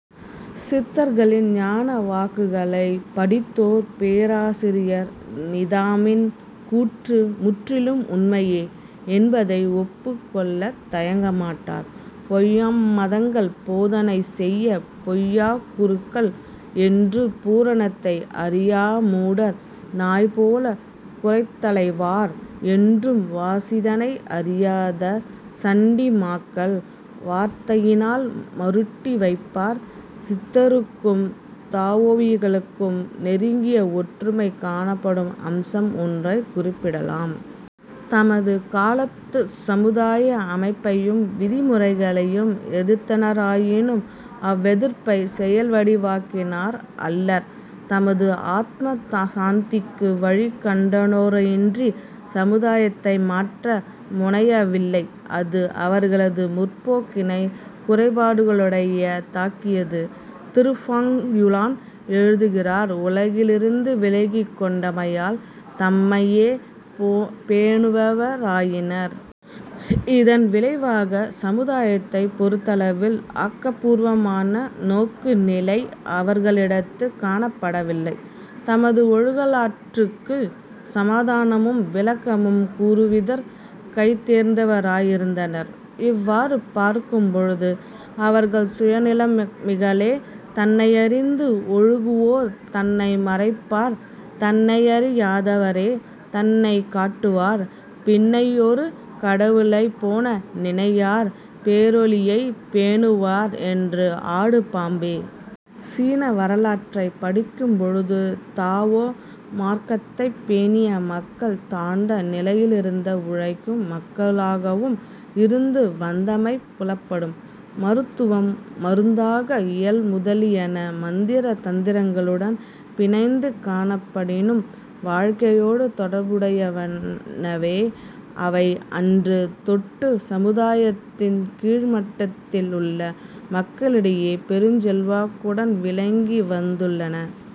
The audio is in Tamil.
" சித்தர்களின் ஞான வாக்குகளைப் படித்தோர் பேராசிரியர் நீதாமின் கூற்று முற்றிலும் உண்மையே என்பதை ஒப்புக்கொள்ளத் தயங்கமாட்டார். "பொய்ம் மதங்கள் போதனைசெய் பொய்க்குருக்கள்" என்றும் "பூரணத்தை அறியா மூடர் நாய்போல குரைத்தலைவார்" என்றும் "வாசிதனை அறியாத சண்டி மாக்கள் வார்த்தையினால் மருட்டி வைப்பார். " சித்தருக்கும் தாவோயிகளுக்கும் நெருங்கிய ஒற்றுமை காணப்படும் அம்சம் ஒன்றைக் குறிப்பிடலாம். தமது காலத்துச் சமுதாய அமைப்பையும் விதிமுறைகளையும் எதிர்த்தனராயினும், அவ்வெதிர்ப்பைச் செயல் வடிவாக்கினார் அல்லர். தமது ஆத்ம சாந்திக்கு வழி கண்டனரேயன்றிச் சமுதாயத்தை மாற்ற முனையவில்லை. இது அவர்ளது முற்போக்கினைக் குறைபாடுடைய தாக்கியது. திரு. ஃபுங் யூ-லான் எழுதுகிறார்: "உலகிலிருந்து விலகிக் கொண்டமையால் தம்மையே பேணுபவ ராயினர். இதன் விளைவாகச் சமுதாயத்தைப் பொறுத்தளவில் ஆக்கப்பூர்வமான நோக்குநிலை அவர்களிடத்துக் காணப்படவில்லை. தமது ஒழுக்கலாற்றுக்குச் சமாதானமும் விளக்கமும் கூறுவதிற் கைதேர்ந்தவராயிருந்தனர். இவ்வாறு பார்க்கும்பொழுது அவர்கள் சுயநலமிகளே. " "தன்னையறிந்து ஒழுகுவோர் தன்னை மறைப்பார் தன்னையறி யாதவரே தன்னைக் காட்டுவார் பின்னையொரு கடவுளைப் பேண நினையார் பேரொளியைப் பேணுவார் என்று ஆடு பாம்பே! சீன வரலாற்றைப் படிக்கும் பொழுது, தாவோ மார்க்கத்தைப் பேணிய மக்கள் தாழ்ந்த நிலையிலிருந்த உழைக்கும் மக்களாகவும் இருந்து வந்தமை புலப்படும். மருத்துவம், மருந்தாக்க இயல் முதலியன மந்திர தந்திரங்களுடன் பிணைந்து காணப்படினும், வாழ்க்கையோடு தொடர்பு உடையனவே. அவை அன்று தொட்டுச் சமுதாயத்தின் கீழ்மட்டத்தில் உள்ள மக்களிடையே பெருஞ் செல்வாக்குடன் விளங்கி வந்துள்ளன.